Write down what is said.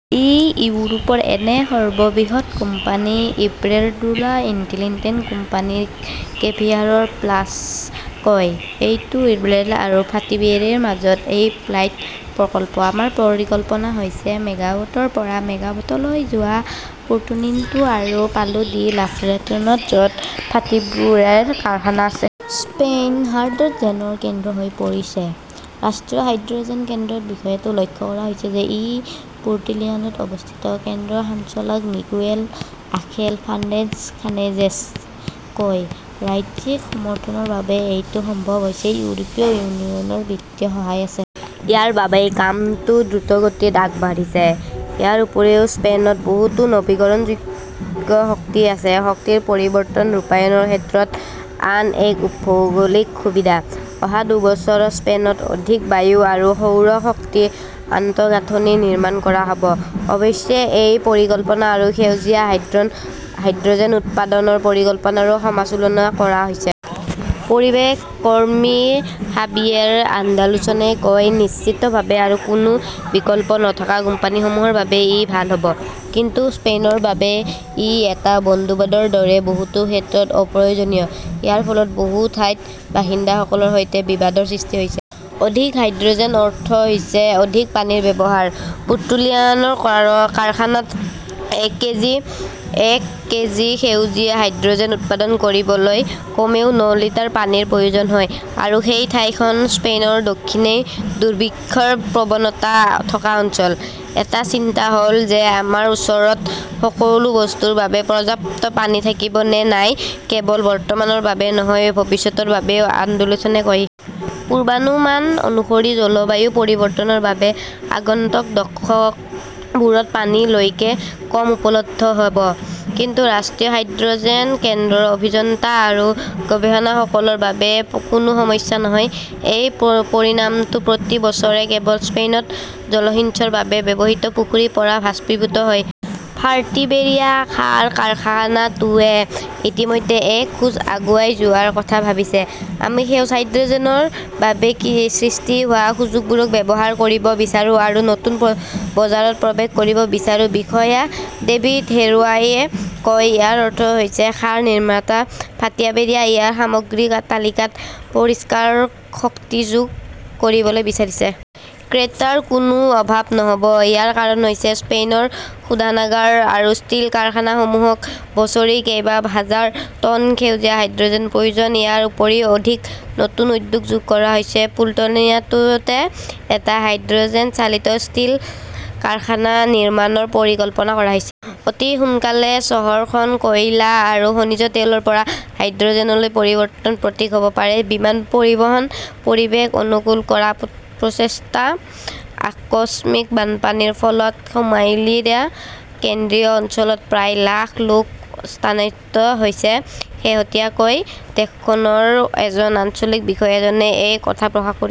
ই ইউৰোপৰ এনে সৰ্ববৃহৎ কোম্পানী, ইবেৰড্ৰোলা ইউটিলিটি কোম্পানীৰ কেভিয়েৰ প্লাছাই কয়। এইটো ইবেৰড্ৰোলা আৰু ফাৰ্টিবেৰিয়াৰ মাজত এটা পাইলট প্ৰকল্প। আমাৰ পৰিকল্পনা হৈছে মেগাৱাটৰ পৰা মেগাৱাটলৈ যোৱা পুৰ্টোলিয়ানো আৰু পালো ডি লাফ্ৰণ্টেৰাত, য 'ত ফাৰ্টিবেৰিয়াৰ কাৰখানা আছে। স্পেইন হাইড্ৰ'জেনৰ কেন্দ্ৰ হৈ পৰিছে। ৰাষ্ট্ৰীয় হাইড্ৰ'জেন কেন্দ্ৰত বিষয়টো লক্ষ্য কৰা হৈছে। ই পুৰ্টোলিয়ানোতো অৱস্থিত। কেন্দ্ৰৰ সঞ্চালক মিগুএল আঁখেল ফাৰ্ণান্দেজ সানচেজে কয়, "ৰাজ্যিক সমৰ্থনৰ বাবে এইটো সম্ভৱ হৈছে।" ইউৰোপীয় ইউনিয়নৰো বিত্তীয় সহায় আছে। ইয়াৰ বাবেই কামটো দ্ৰুতগতিত আগবাঢ়িছে। ইয়াৰ উপৰিও স্পেনত বহুতো নৱীকৰণযোগ্য শক্তি আছে শক্তি পৰিৱৰ্তন ৰূপায়ণৰ ক্ষেত্ৰত আন এক ভৌগোলিক সুবিধা। অহা দুবছৰত স্পেনত অধিক বায়ু আৰু সৌৰ শক্তি আন্তঃগাঁথনি নিৰ্মাণ কৰা হ'ব। অৱশ্যে, এই পৰিকল্পনা আৰু সেউজীয়া হাইড্ৰ'জেন উৎপাদনৰ পৰিকল্পনাৰো সমালোচনা কৰা হৈছে। পৰিৱেশ কৰ্মী খাবিয়েৰ আন্দালুছে কয়, "নিশ্চিতভাৱে আৰু কোনো বিকল্প নথকা কোম্পানীসমূহৰ বাবে ই ভাল হ'ব।" কিন্তু স্পেইনৰ বাবে ই এটা বুদ্বুদৰ দৰে, বহুতো ক্ষেত্ৰত অপ্ৰয়োজনীয়। ইয়াৰ ফলত বহু ঠাইত বাসিন্দাসকলৰ সৈতে বিবাদৰ সৃষ্টি হৈছে। অধিক হাইড্ৰ'জেনৰ অৰ্থ হৈছে অধিক পানীৰ ব্যৱহাৰ। পুৰ্টোলিয়ানোৰ কাৰখানাত এক কেজি সেউজীয়া হাইড্ৰ'জেন উৎপাদন কৰিবলৈ কমেও ন লিটাৰ পানীৰ প্ৰয়োজন হয়। আৰু সেই ঠাইখন স্পেইনৰ দক্ষিণে দুৰ্ভিক্ষৰ প্ৰৱণতা থকা অঞ্চল। এটা চিন্তা হ'ল যে, "আমাৰ ওচৰত সকলো বস্তুৰ বাবে পৰ্যাপ্ত পানী থাকিব নে নাই-কেৱল বৰ্তমানৰ বাবে নহয়, ভৱিষ্যতৰ বাবেও ", আন্দালুছে কয়। পূৰ্বানুমান অনুসৰি জলবায়ু পৰিৱৰ্তনৰ বাবে আগন্তুক দশকবোৰত পানী লৈকে কম উপলব্ধ হ'ব। কিন্তু ৰাষ্ট্ৰীয় হাইড্ৰ'জেন কেন্দ্ৰৰ অভিযন্তা আৰু গৱেষকসকলৰ বাবে পানী কোনো সমস্যা নহয়। এই পৰিমাণটো প্ৰতি বছৰে কেৱল স্পেইনত জলসিঞ্চনৰ বাবে ব্যৱহৃত পুখুৰীৰ পৰা বাষ্পীভূত হয়। "ফাৰ্টিবেৰিয়া সাৰ কাৰখানাটোৱে ইতিমধ্যে এক খোজ আগুৱাই যোৱাৰ কথা ভাবিছে। আমি সেউজ হাইড্ৰ'জেনৰ বাবে সৃষ্টি হোৱা সুযোগবোৰ ব্যৱহাৰ কৰিব বিচাৰো আৰু নতুন বজাৰত প্ৰৱেশ কৰিব বিচাৰো ", বিষয়া ডেভিদ হেৰেৰোৱে কয়। "ইয়াৰ অৰ্থ হৈছে সাৰ নিৰ্মাতা ফাৰ্টিবেৰিয়াই ইয়াৰ সামগ্ৰীৰ তালিকাত পৰিষ্কাৰ শক্তি যোগ কৰিবলৈ বিচাৰিছে। ক্ৰেতাৰ কোনো অভাৱ নহ'ব। ইয়াৰ কাৰণ হৈছে স্পেইনৰ শোধনাগাৰ আৰু ষ্টীল কাৰখানাসমূহক বছৰি কেইবাশ হাজাৰ টন সেউজীয়া হাইড্ৰ'জেনৰ প্ৰয়োজন। ইয়াৰ উপৰিও অধিক নতুন উদ্যোগ যোগ কৰা হৈছে। পুৰ্টোলিয়ানোতে এটা হাইড্ৰ'জেন চালিত ষ্টীল কাৰখানা নিৰ্মাণৰ পৰিকল্পনা কৰা হৈছে। অতি সোনকালেই চহৰখন কয়লা আৰু খনিজ তেলৰ পৰা হাইড্ৰ'জেনলৈ পৰিৱৰ্তনৰ প্ৰতীক হ'ব পাৰে। বিমান পৰিবহণ পৰিৱেশ অনুকূল কৰাৰ প্ৰচেষ্টা আকস্মিক বানপানীৰ ফলত সোমালিয়াৰ কেন্দ্ৰীয় অঞ্চলত প্ৰায় লাখ লোক স্থানচ্যুত হৈছে। শেহতীয়াকৈ দেশখনৰ এজন আঞ্চলিক বিষয়াজনে এই কথা প্ৰকাশ কৰিছিল